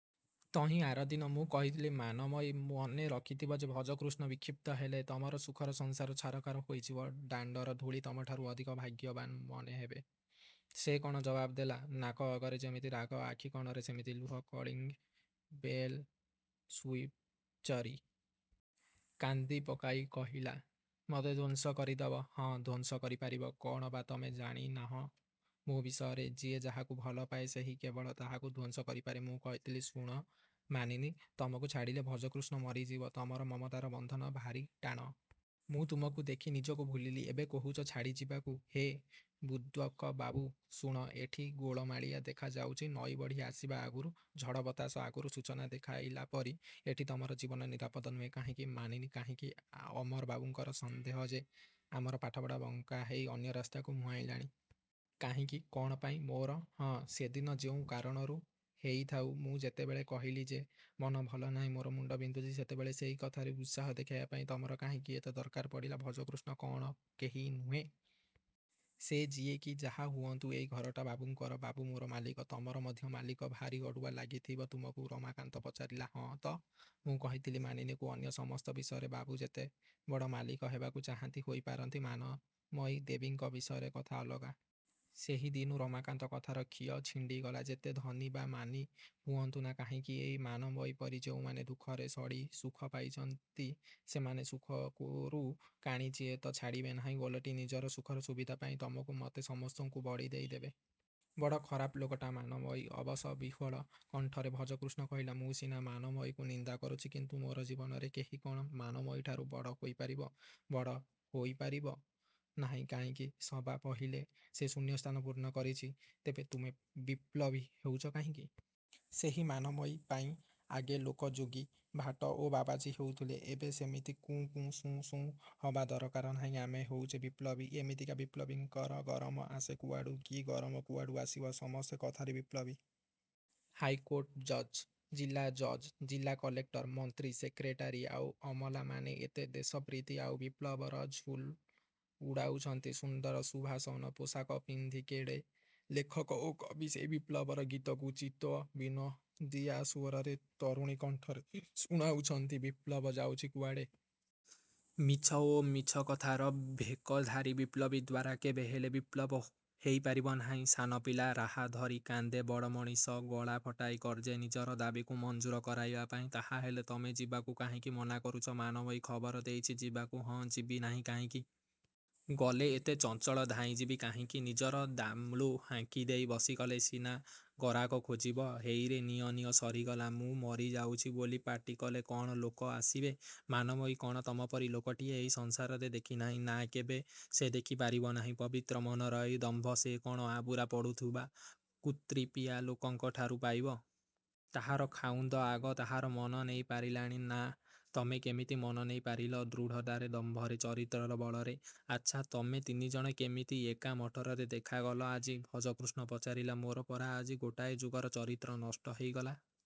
–ତହିଁ ଆରଦିନ ମୁଁ କହିଥିଲି–ମାନମୟୀ, ମନେ ରଖିଥିବ ଯେ ଭଜକୃଷ୍ଣ ବିକ୍ଷିପ୍ତ ହେଲେ ତମର ସୁଖର ସଂସାର ଛାରଖାର ହୋଇଯିବ। ଦାଣ୍ଡର ଧୂଳି ତମଠାରୁ ଅଧିକ ଭାଗ୍ୟବାନ ମନେ ହେବେ। –ସେ କ'ଣ ଜବାବ ଦେଲା? –ନାକ ଆଗରେ ଯେମିତି ରାଗ, ଆଖି କଣରେ ସେମିତି ଲୁହ–କଲିଙ୍ଗ୍ ବେଲ୍ର ସୁଇଚ୍ପରି। କାନ୍ଦି ପକାଇ କହିଲା–ମତେ ଧ୍ୱଂସ କରିଦବ? ହଁ, ଧ୍ୱଂସ କରିପାରିବ। କ'ଣ ବା ତମେ ଜାଣନାହିଁ ମୋ ବିଷୟରେ? ଯିଏ ଯାହାକୁ ଭଲପାଏ। ସେହି କେବଳ ତାହାକୁ ଧ୍ୱଂସ କରିପାରେ। –ମୁଁ କହିଥିଲି, ଶୁଣ ମାନିନୀ। ତମକୁ ଛାଡ଼ିଲେ ଭଜକୃଷ୍ଣ ମରିଯିବ। ତମର ମମତାର ବନ୍ଧନ ଭାରି ଟାଣ। ମୁଁ ତୁମକୁ ଦେଖି ନିଜକୁ ଭୁଲିଲି। ଏବେ କହୁଛ ଛାଡ଼ିଯିବାକୁ। –ହେ, ବୁଡ଼୍ବକ ବାବୁ। ଶୁଣ–ଏଠି ଗୋଳମାଳିଆ ଦେଖା ଯାଉଛି। ନଈବଢ଼ି ଆସିବା ଆଗରୁ, ଝଡ଼ବତାସ ଆଗରୁ ସୂଚନା ଦେଖାଇଲା ପରି ଏଠି ତମର ଜୀବନ ନିରାପଦ ନୁହେଁ। –କାହିଁକି, ମାନିନୀ,–କାହିଁକି? –ଅମର ବାବୁଙ୍କର ସନ୍ଦେହ ଯେ, ଆମର ପାଠପଢ଼ା ବଙ୍କା ହେଇ ଅନ୍ୟ ରାସ୍ତାକୁ ମୁହାଁଇଲାଣି। –କାହିଁକି? କ'ଣ ପାଇଁ? –ମୋର? –ହଁ। ସେଦିନ ଯେଉଁ କାରଣରୁ ହେଇଥାଉ ମୁଁ ଯେତେବେଳେ କହିଲି ଯେ, ମନ ଭଲନାହିଁ ମୋର ମୁଣ୍ଡ ବିନ୍ଧୁଛି, ସେତେବେଳେ ସେଇ କଥାରେ ଉତ୍ସାହ ଦେଖାଇବା ପାଇଁ ତମର କାହିଁକି ଏତେ ଦରକାର ପଡ଼ିଲା? –ଭଜକୃଷ୍ଣ କ'ଣ କେହି ନୁହେଁ? –ସେ ଯିଏ କି ଯାହା ହୁଅନ୍ତୁ, ଏଇ ଘରଟା ବାବୁଙ୍କର। ବାବୁ ମୋର ମାଲିକ। ତମର ମଧ୍ୟ ମାଲିକ। –ଭାରି ଅଡ଼ୁଆ ଲାଗିଥିବ ତୁମକୁ? ରମାକାନ୍ତ ପଚାରିଲା। –ହଁ, ତ। ମୁଁ କହିଥିଲି ମାନିନୀକୁ–ଅନ୍ୟ ସମସ୍ତ ବିଷୟରେ ବାବୁ ଯେତେବଡ଼ ମାଲିକ ହେବାକୁ ଚାହାଁନ୍ତି ହୋଇପାରନ୍ତି, ମାନମୟୀ ଦେବୀଙ୍କ ବିଷୟରେ କଥା ଅଲଗା। –ସେହିଦିନୁ ରମାକାନ୍ତ, କଥାର ଖିଅ ଛିଣ୍ଡିଗଲା। ଯେତେ ଧନୀ ବା ମାନୀ ହୁଅନ୍ତା ନା କାହିଁକି, ଏଇ ମାନମୟୀପରି ଯେଉଁମାନେ ଦୁଃଖରେ ସଢ଼ି ସୁଖ ପାଇଛନ୍ତି–ସେମାନେ ସୁଖରୁ କାଣିଚାଏ ତ ଛାଡ଼ିବେ ନାହିଁ। ଓଲଟି ନିଜର ସୁଖର ସୁବିଧା ପାଇଁ ତମକୁ–ମତେ–ସମସ୍ତଙ୍କୁ ବଳି ଦେଇ ଦେବେ। –ବଡ଼ ଖରାପ ଲୋକଟା ମାନମୟୀ। ଅବଶ ବିହ୍ୱଳ କଣ୍ଠରେ ଭଜକୃଷ୍ଣ କହିଲା–ମୁଁ ସିନା ମାନମୟୀକୁ ନିନ୍ଦା କରୁଛି; କିନ୍ତୁ ମୋର ଜୀବନରେ କେହି କ'ଣ ମାନମୟୀଠାରୁ ବଡ଼ ହୋଇପାରିବ? –ବଡ଼ ହେଇପାରିବ ନାହିଁ, କାହିଁକି? –ସବା ପହିଲେ ସେ ଶୂନ୍ୟସ୍ଥାନ ପୂର୍ଣ୍ଣ କରିଛି। –ତେବେ ତୁମେ ବିପ୍ଳବୀ ହେଉଛ କାହିଁକି? –ସେହି ମାନମୟୀ ପାଇଁ। ଆଗେ ଲୋକ ଯୋଗୀ, ଭାଟ ଓ ବାବାଜୀ ହେଉଥିଲେ। ଏବେ ସେମିତି କୁଉଁ କୁଉଁ–ସୁଉଁ ସୁଉଁ ହବା ଦରକାର ନାହିଁ। ଆମେ ହେଉଛେ ବିପ୍ଳବୀ। –ଏମିତିକା ବିପ୍ଳବୀଙ୍କର ଗରମ ଆସେ କୁଆଡ଼ୁ? –କି ଗରମ? କୁଆଡ଼ୁ ଆସିବ? ସମସ୍ତେ କଥାରେ ବିପ୍ଳବୀ। ହାଇକୋର୍ଟ ଜଜ, ଜିଲା ଜଜ, ଜିଲା କଲେକ୍ଟର, ମନ୍ତ୍ରୀ, ସେକ୍ରେଟାରୀ ଆଉ ଅମଲାମାନେ ଏତେ ଦେଶପ୍ରୀତି ଆଉ ବିପ୍ଳବର ଝୁଲ ଉଡ଼ାଉଛନ୍ତି। ସୁନ୍ଦର ସୁଶୋଭନ ପୋଷାକ ପିନ୍ଧି କେତେ ଲେଖକ ଓ କବି ସେଇ ବିପ୍ଳବର ଗୀତକୁ ଚିତ୍ତବିନୋଦିଆ ସ୍ୱରରେ ତରୁଣୀ କଣ୍ଠରେ ଶୁଣାଉଛନ୍ତି। ବିପ୍ଳବ ଯାଉଛି କୁଆଡ଼େ? –ମିଛ ଓ ମିଛକଥାର ଭେକଧାରୀ ବିପ୍ଳବୀ ଦ୍ୱାରା କେବେ ହେଲେ ବିପ୍ଳବ ହେଇପାରିବ ନାହିଁ। ସାନପିଲା ରାହାଧରି କାନ୍ଦେ–ବଡ଼ ମଣିଷ ଗଳା ଫଟାଇ ଗର୍ଜେ–ନିଜର ଦାବୀକୁ ମଞ୍ଜୁର କରାଇବା ପାଇଁ। –ତାହାହେଲେ ତମେ ଯିବାକୁ କାହିଁକି ମନା କରୁଛ? –ମାନମୟୀ ଖବର ଦେଇଛି ଯିବାକୁ। –ହଁ, ଯିବି ନାହିଁ କାହିଁକି? ଗଲେ ଏତେ ଚଞ୍ଚଳ ଧାଇଁଯିବି କାହିଁକି? ନିଜର ଦାମ୍କୁ ହାଙ୍କିଦେଇ ବସିଗଲେ ସିନା ଗରାଖ ଖୋଜିବ। ହେଇରେ–ନିଅ–ନିଅ–ସରିଗଲା–ମୁଁ ମରିଯାଉଛି ବୋଲି ପାଟିକଲେ କ'ଣ ଲୋକ ଆସିବେ? –ମାନମୟୀ କ'ଣ ତମପରି ଲୋକଟିଏ ଏଇ ସଂସାରରେ ଦେଖିନାହିଁ। –ନା, କେବେ ସେ ଦେଖି ପାରିବ ନାହିଁ। ପବିତ୍ର ମନର ଏଇ ଦମ୍ଭ ସେ କ'ଣ ଆବୁରା ପଡ଼ୁଥିବା କୁତ୍ରିପିଆ ଲୋକଙ୍କଠାରୁ ପାଇବ? ତାହାର ଖାଉନ୍ଦ ଆଗ ତାହାର ମନ ନେଇ ପାରିଲାଣି ନା– –ତମେ କେମିତି ମନ ନେଇ ପାରିଲ? –ଦୃଢ଼ତାରେ–ଦମ୍ଭରେ–ଚରିତ୍ରର ବଳରେ।... –ଆଚ୍ଛା, ତମେ ତିନିଜଣ କେମିତି ଏକା ମଟରରେ ଦେଖାଗଲ ଆଜି? ଭଜକୃଷ୍ଣ ପଚାରିଲା। –ମୋର ପରା ଆଜି ଗୋଟାଏ ଯୁଗର ଚରିତ୍ର ନଷ୍ଟ ହେଇଗଲା।